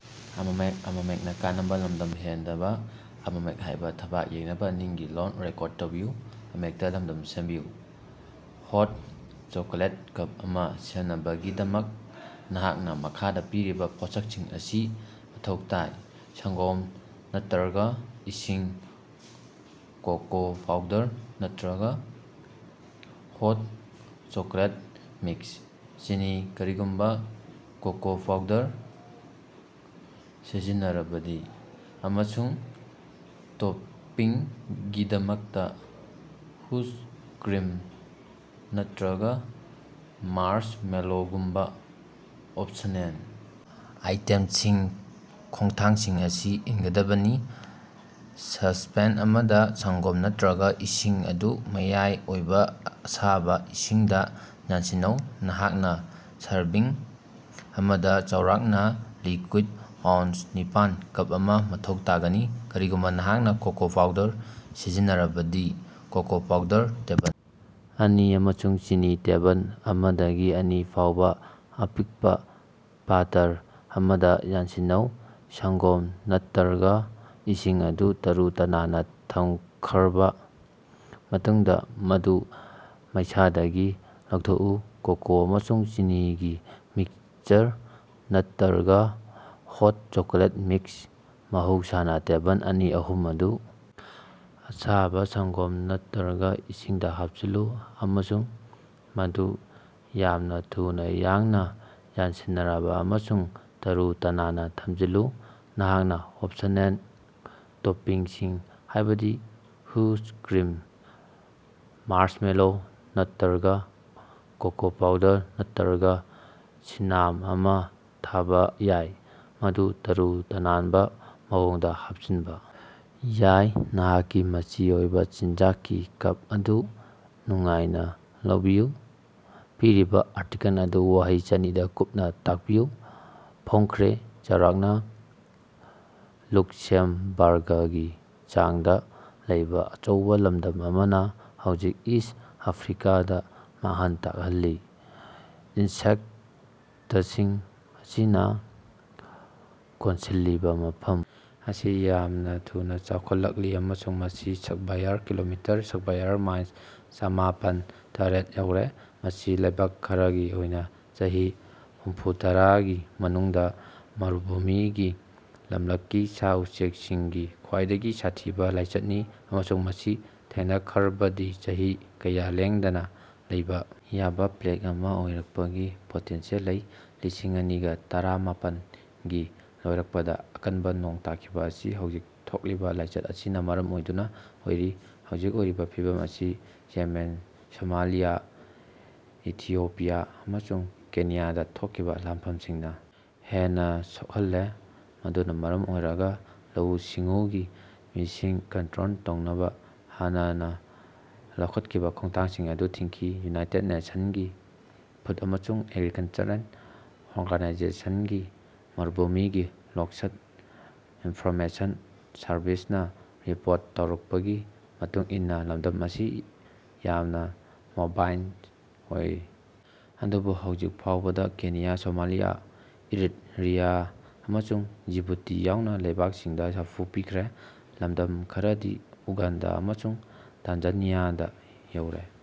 ꯍꯣꯠ chocolate cup ꯑꯃ ꯁꯦꯝꯅꯕꯒꯤꯗꯃꯛ ꯅꯍꯥꯛꯅ ꯃꯈꯥꯗ ꯄꯤꯔꯤꯕ ꯄꯣꯠꯁꯛꯁꯤꯡ ꯑꯁꯤ ꯃꯊꯧ ꯇꯥꯏ: ꯁꯪꯒꯣꯝ ꯅꯠꯇ꯭ꯔꯒ ꯏꯁꯤꯡ, ꯀꯣꯀꯣ ꯄꯥꯎꯗꯔ ꯅꯠꯇ꯭ꯔꯒ ꯍꯣꯠ ꯆꯣꯀꯣꯂꯦꯠ ꯃꯤꯛꯁ, ꯆꯤꯅꯤ (ꯀꯔꯤꯒꯨꯝꯕ ꯀꯣꯀꯣ ꯄꯥꯎꯗꯔ ꯁꯤꯖꯤꯟꯅꯔꯕꯗꯤ), ꯑꯃꯁꯨꯡ ꯇꯣꯄꯤꯡꯒꯤꯗꯃꯛꯇ ꯍꯨꯏꯞ ꯀ꯭ꯔꯤꯝ ꯅꯠꯇ꯭ꯔꯒ ꯃꯥꯔꯁꯃꯦꯂꯣꯒꯨꯝꯕ ꯑꯣꯞꯁꯅꯦꯜ ꯑꯥꯏꯇꯦꯝꯁꯤꯡ꯫ ꯈꯣꯡꯊꯥꯡꯁꯤꯡ ꯑꯁꯤ ꯏꯟꯒꯗꯕꯅꯤ: ꯁꯁꯄꯦꯟ ꯑꯃꯗ ꯁꯪꯒꯣꯝ ꯅꯠꯇ꯭ꯔꯒ ꯏꯁꯤꯡ ꯑꯗꯨ ꯃꯌꯥꯏ ꯑꯣꯏꯕ ꯑꯁꯥꯕ ꯏꯁꯤꯡꯗ ꯌꯥꯟꯁꯤꯟꯅꯧ꯫ ꯅꯍꯥꯛꯅ ꯁꯔꯚꯤꯡ ꯑꯃꯗ ꯆꯥꯎꯔꯥꯛꯅ ꯂꯤꯀ꯭ꯌꯨꯠ ꯑꯣꯎꯟꯁ ꯅꯤꯄꯥꯟ(ꯀꯞ ꯑꯃ) ꯃꯊꯧ ꯇꯥꯒꯅꯤ꯫ ꯀꯔꯤꯒꯨꯝꯕ ꯅꯍꯥꯛꯅ ꯀꯣꯀꯣ ꯄꯥꯎꯗꯔ ꯁꯤꯖꯤꯟꯅꯔꯕꯗꯤ, ꯀꯣꯀꯣ ꯄꯥꯎꯗꯔ ꯇꯦꯕꯜ ꯑꯅꯤ ꯑꯃꯁꯨꯡ ꯆꯤꯅꯤ ꯇꯦꯕꯜ ꯑꯃꯗꯒꯤ ꯑꯅꯤ ꯐꯥꯎꯕ ꯑꯄꯤꯛꯄ ꯄꯥꯇ꯭ꯔ ꯑꯃꯗ ꯌꯥꯟꯁꯤꯟꯅꯧ꯫ ꯁꯪꯒꯣꯝ ꯅꯠꯇ꯭ꯔꯒ ꯏꯁꯤꯡ ꯑꯗꯨ ꯇꯔꯨ-ꯇꯅꯥꯟꯅ ꯊꯝꯈ꯭ꯔꯕ ꯃꯇꯨꯡꯗ ꯃꯗꯨ ꯃꯩꯁꯥꯗꯒꯤ ꯂꯧꯊꯣꯛꯎ꯫ ꯀꯣꯀꯣ ꯑꯃꯁꯨꯡ ꯆꯤꯅꯤꯒꯤ ꯃꯤꯛꯁꯆꯔ, ꯅꯠꯇ꯭ꯔꯒ ꯍꯣꯠ ꯆꯣꯀꯣꯂꯦꯠ ꯃꯤꯛꯁ (ꯃꯍꯧꯁꯥꯅꯥ ꯇꯦꯕꯜ ꯑꯅꯤ-ꯑꯍꯨꯝ) ꯑꯗꯨ ꯑꯁꯥꯕ ꯁꯪꯒꯣꯝ ꯅꯠꯇ꯭ꯔꯒ ꯏꯁꯤꯡꯗ ꯍꯥꯞꯆꯤꯜꯂꯨ ꯑꯃꯁꯨꯡ ꯃꯗꯨ ꯌꯥꯝꯅ ꯊꯨꯅ ꯌꯥꯡꯅ ꯌꯥꯟꯁꯤꯟꯅꯔꯕ ꯑꯃꯁꯨꯡ ꯇꯔꯨ-ꯇꯅꯥꯟꯅ ꯊꯝꯖꯤꯜꯂꯨ꯫ ꯅꯍꯥꯛꯅ ꯑꯣꯞꯁꯅꯦꯜ ꯇꯣꯄꯤꯡꯁꯤꯡ ꯍꯥꯏꯕꯗꯤ ꯍꯨꯏꯞ ꯀ꯭ꯔꯤꯝ, ꯃꯥꯔꯁꯃꯦꯂꯣ ꯅꯠꯇ꯭ꯔꯒ ꯀꯣꯀꯣ ꯄꯥꯎꯗꯔ ꯅꯠꯇ꯭ꯔꯒ ꯁꯤꯅꯥꯝ ꯑꯃ ꯊꯥꯕ ꯌꯥꯏ, ꯃꯗꯨ ꯇꯔꯨ-ꯇꯅꯥꯟꯕ ꯃꯑꯣꯡꯗ ꯍꯥꯞꯆꯤꯟꯕ ꯌꯥꯏ꯫ ꯅꯍꯥꯛꯀꯤ ꯃꯆꯤ ꯑꯣꯏꯕ ꯆꯤꯟꯖꯥꯛꯀꯤ ꯀꯞ ꯑꯗꯨ ꯅꯨꯡꯉꯥꯏꯅ ꯂꯧꯕꯤꯌꯨ꯫ ꯄꯤꯔꯤꯕ ꯑꯥꯔꯇꯤꯀꯜ ꯑꯗꯨ ꯋꯥꯍꯩ ꯆꯅꯤꯗ ꯀꯨꯞꯅ ꯇꯥꯛꯄꯤꯌꯨ꯫ ꯐꯣꯡꯈ꯭ꯔꯦ꯫ ꯆꯥꯎꯔꯥꯛꯅ ꯂꯨꯛꯁꯦꯝꯕꯥꯔꯒꯀꯤ ꯆꯥꯡꯗ ꯂꯩꯕ ꯑꯆꯧꯕ ꯂꯝꯗꯝ ꯑꯃꯅ ꯍꯧꯖꯤꯛ ꯏꯁ꯭ꯠ ꯑꯥꯐ꯭ꯔꯤꯀꯥꯗ ꯃꯥꯡꯍꯟ ꯇꯥꯛꯍꯜꯂꯤ꯫ ꯏꯟꯁꯦꯛꯇꯁꯤꯡ ꯑꯁꯤꯅ ꯀꯣꯟꯁꯤꯜꯂꯤꯕ ꯃꯐꯝ ꯑꯁꯤ ꯌꯥꯝꯅ ꯊꯨꯅ ꯆꯥꯎꯈꯠꯂꯛꯂꯤ ꯑꯃꯁꯨꯡ ꯃꯁꯤ ꯁꯛꯕ꯭ꯌꯥꯔ ꯀꯤꯂꯣꯃꯤꯇꯔ (ꯁꯛꯕ꯭ꯌꯥꯔ ꯃꯥꯏꯜ ꯆꯃꯥꯄꯟ ꯇꯔꯦꯠ) ꯌꯧꯔꯦ꯫ ꯃꯁꯤ ꯂꯩꯕꯛ ꯈꯔꯒꯤ ꯑꯣꯏꯅ ꯆꯍꯤ ꯍꯨꯝꯐꯨꯇꯔꯥꯒꯤ ꯃꯅꯨꯡꯗ ꯃꯔꯨꯚꯨꯃꯤꯒꯤ ꯂꯝꯂꯛꯀꯤ ꯁꯥ-ꯎꯆꯦꯛꯁꯤꯡꯒꯤ ꯈ꯭ꯋꯥꯏꯗꯒꯤ ꯁꯥꯊꯤꯕ ꯂꯥꯏꯆꯠꯅꯤ ꯑꯃꯁꯨꯡ ꯃꯁꯤ ꯊꯦꯡꯅꯈ꯭ꯔꯕꯗꯤ ꯆꯍꯤ ꯀꯌꯥ ꯂꯦꯡꯗꯅ ꯂꯩꯕ ꯌꯥꯕ ꯄ꯭ꯂꯦꯒ ꯑꯃ ꯑꯣꯏꯔꯛꯄꯒꯤ ꯄꯣꯇꯦꯟꯁꯤꯌꯦꯜ ꯂꯩ꯫ ꯂꯤꯁꯤꯡ ꯑꯅꯤꯒ ꯇꯔꯥꯃꯥꯄꯟ ꯒꯤ ꯂꯣꯏꯔꯛꯄꯗ ꯑꯀꯟꯕ ꯅꯣꯡ ꯇꯥꯈꯤꯕ ꯑꯁꯤ ꯍꯧꯖꯤꯛ ꯊꯣꯛꯂꯤꯕ ꯂꯥꯏꯆꯠ ꯑꯁꯤꯅ ꯃꯔꯝ ꯑꯣꯏꯗꯨꯅ ꯑꯣꯏꯔꯤ꯫ ꯍꯧꯖꯤꯛ ꯑꯣꯏꯔꯤꯕ ꯐꯤꯚꯝ ꯑꯁꯤ ꯌꯦꯃꯦꯟ, ꯁꯣꯃꯥꯂꯤꯌꯥ, ꯏꯊꯤꯑꯣꯄꯤꯌꯥ ꯑꯃꯁꯨꯡ ꯀꯦꯅꯤꯌꯥꯗ ꯊꯣꯛꯈꯤꯕ ꯂꯥꯟꯐꯝꯁꯤꯡꯅ ꯍꯦꯟꯅ ꯁꯣꯛꯍꯜꯂꯦ ꯃꯗꯨꯅ ꯃꯔꯝ ꯑꯣꯏꯔꯒ ꯂꯧꯎ-ꯁꯤꯡꯎꯒꯤ ꯃꯤꯁꯤꯡ ꯀꯟꯇ꯭ꯔꯣꯜ ꯇꯧꯅꯕ ꯍꯥꯟꯅꯅ ꯂꯧꯈꯠꯈꯤꯕ ꯈꯣꯡꯊꯥꯡꯁꯤꯡ ꯑꯗꯨ ꯊꯤꯡꯈꯤ꯫ ꯌꯨꯅꯥꯏꯇꯦꯗ ꯅꯦꯁꯟꯒꯤ ꯐꯨꯗ ꯑꯃꯁꯨꯡ ꯑꯦꯒ꯭ꯔꯤꯀꯜꯆꯔꯦꯜ ꯑꯣꯔꯒꯅꯥꯏꯖꯦꯁꯟꯒꯤ ꯃꯔꯨꯚꯨꯃꯤꯒꯤ ꯂꯣꯛꯁ꯭ꯠ ꯏꯟꯐꯣꯔꯃꯦꯁꯟ ꯁꯔꯚꯤꯁꯅ ꯔꯤꯄꯣꯔꯠ ꯇꯧꯔꯛꯄꯒꯤ ꯃꯇꯨꯡ ꯏꯟꯅ ꯂꯝꯗꯝ ꯑꯁꯤ ꯌꯥꯝꯅ ꯃꯣꯕꯥꯏꯜ ꯑꯣꯏ ꯑꯗꯨꯕꯨ ꯍꯧꯖꯤꯛ ꯐꯥꯎꯕꯗ ꯀꯦꯅꯤꯌꯥ, ꯁꯣꯃꯥꯂꯤꯌꯥ, ꯏꯔꯤꯠꯔꯤꯌꯥ ꯑꯃꯁꯨꯡ ꯖꯤꯕꯨꯇꯤ ꯌꯥꯎꯅ ꯂꯩꯕꯥꯛꯁꯤꯡꯗ ꯁꯥꯐꯨ ꯄꯤꯈ꯭ꯔꯦ꯫ ꯂꯃꯗꯝ ꯈꯔꯗꯤ ꯎꯒꯥꯟꯗꯥ ꯑꯃꯁꯨꯡ ꯇꯥꯟꯖꯥꯅꯤꯌꯥꯗꯥ ꯌꯧꯔꯦ꯫